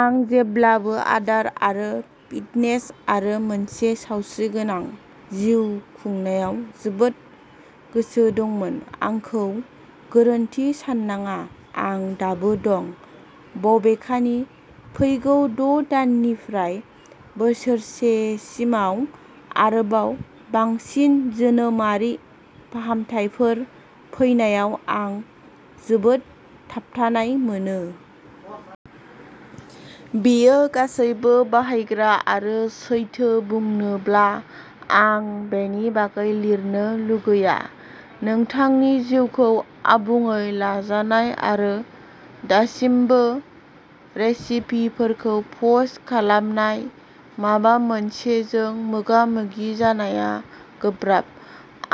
आं जेब्लाबो आदार आरो फिटनेस आरो मोनसे सावस्रिगोनां जिउ खुंनायाव जोबोद गोसो दंमोन। आंखौ गोरोन्थि साननाङा, आं दाबो दं। बबेखानि, फैगौ द‘ दाननिफ्राय बोसोरसेसिमाव आरोबाव बांसिन जोनोमारि फाहामथायफोर फैनायाव, आं जोबोद थाबथानाय मोनो। बेयो गासैबो बाहायग्रा आरो सैथो बुंनोब्ला, आं बेनि बागै लिरनो लुगैया। नोंथांनि जिउखौ आबुङै लाजानाय आरो दासिमबो रेसिपिफोरखौ पस्ट खालामनाय माबा मोनसेजों मोगा-मोगि जानाया गोब्राब।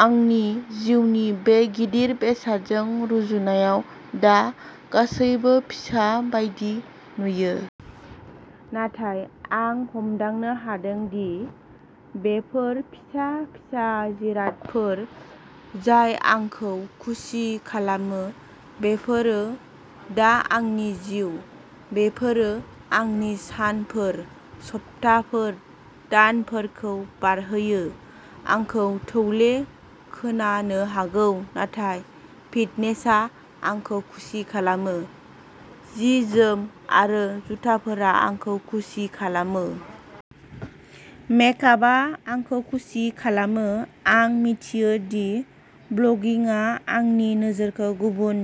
आंनि जिउनि बे गिदिर बेसादजों रुजुनायाव दा गासैबो फिसा बायदि नुयो। नाथाय, आं हमदांनो हादों दि बेफोर फिसा फिसा जिरादफोर जाय आंखौ खुसि खालामो बेफोरो दा आंनि जिउ। बेफोरो आंनि सानफोर, सप्ताफोर, दानफोरखौ बारहोयो। आंखौ थौले खोनानो हागौ, नाथाय फिटनेसआ आंखौ खुसि खालामो। जि-जोम आरो जुथाफोरा आंखौ खुसि खालामो। मेकआपआ आंखौ खुसि खालामो आं मिथियो दि ब्लगिंआ आंनि नोजोरखौ गुबुन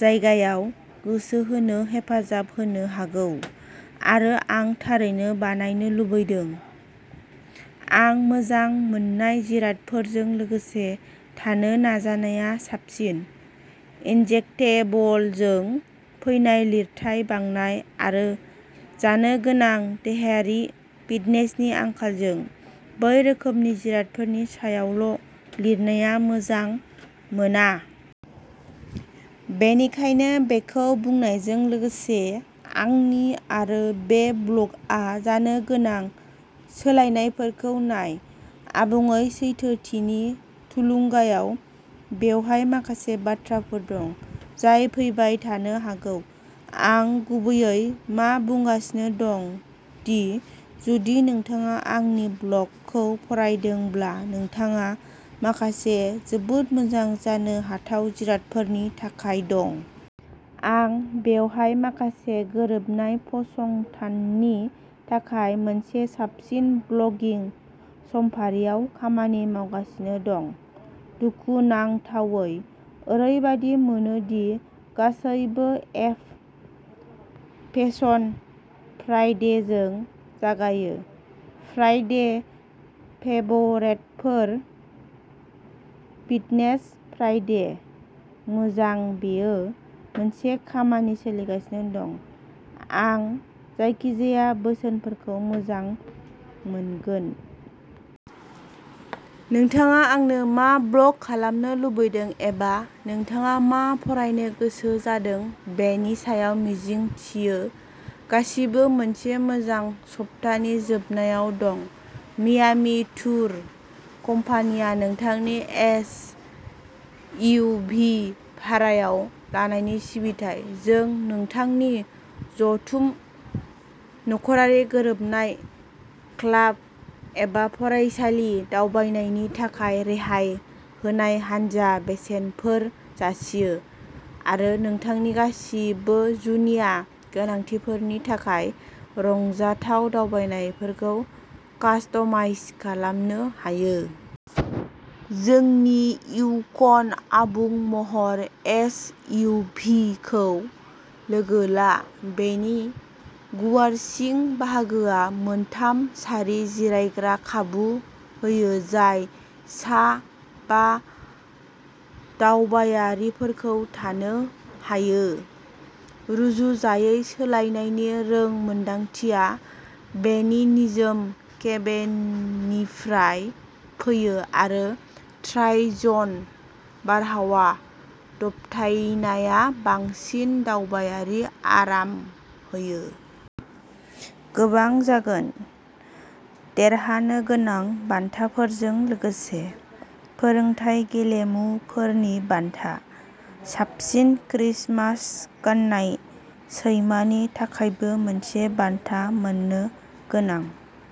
जायगायाव गोसो होनो हेफाजाब होनो हागौ आरो आं थारैनो बानायनो लुबैदों। आं मोजां मोननाय जिरादफोरजों लोगोसे थानो नाजानाया साबसिन। इनजेक्टेबलजों फैनाय लिरथाय बांनाय आरो जानो गोनां देहायारि फिटनेसनि आंखालजों, बै रोखोमनि जिरादफोरनि सायावल' लिरनाया मोजां मोना। बेनिखायनो बेखौ बुंनायजों लोगोसे, आंनि आरो बे ब्लगआ जानो गोनां सोलायनायफोरखौ नाय। आबुङै सैथोथिनि थुलुंगायाव बेवहाय माखासे बाथ्राफोर दं जाय फैबाय थानो हागौ। आं गुबैयै मा बुंगासिनो दं दि जुदि नोंथाङा आंनि ब्लगखौ फरायदोंब्ला नोंथाङा माखासे जोबोद मोजां जानो हाथाव जिरादफोरनि थाखाय दं। आं बेवहाय माखासे गोरोबनाय फसंथाननि थाखाय मोनसे साबसिन ब्लगिं समफारियाव खामानि मावगासिनो दं। दुखुनांथावै, ओरैबादि मोनो दि गासैबो एफ. फेसन फ्राइडेजों जागायो? फ्राइडे फेभरेटफोर? Fitness Friday? मोजां बेयो मोनसे खामानि सोलिगासिनो दं। आं जायखिजाया बोसोनफोरखौ मोजां मोनगोन। नोंथाङा आंनो मा ब्ल'ग खालामनो लुबैदों एबा नोंथाङा मा फरायनो गोसो जादों बेनि सायाव मिजिंथियो गासिबो मोनसे मोजां सप्तानि जोबनायाव दं मियामी टुर कम्पानिया नोंथांनि एस. इउ. भि. भारायाव लानायनि सिबिथाय। जों नोंथांनि जथुम, नखरारि गोरोबनाय, क्लाब एबा फरायसालि दावबायनायनि थाखाय रेहाय होनाय हानजा बेसेनफोर जासियो आरो नोंथांनि गासिबो जुनिया गोनांथिफोरनि थाखाय रंजाथाव दावबायनायफोरखौ कास्टमाइज खालामनो हायो। जोंनि युकन आबुं महर एस. इउ. भि. खौ लोगो ला। बेनि गुवार सिं बाहागोआ मोनथाम सारि जिरायग्रा खाबु होयो जाय सा बा दावबायारिफोरखौ थानो हायो। रुजुजायै सालायनायनि रोंमोनदांथिया बेनि निजोम केबिननिफ्राय फैयो, आरो ट्राइ-जन बारहावा दबथायनाया बांसिन दावबायारि आराम होयो। गोबां जागोन। देरहानो गोनां बान्थाफोरजों लोगोसे फोरोंथाय गेलेमुफोरनि बान्था। साबसिन क्रिसमास गाननाय सैमानि थाखायबो मोनसे बान्था मोननो गोनां।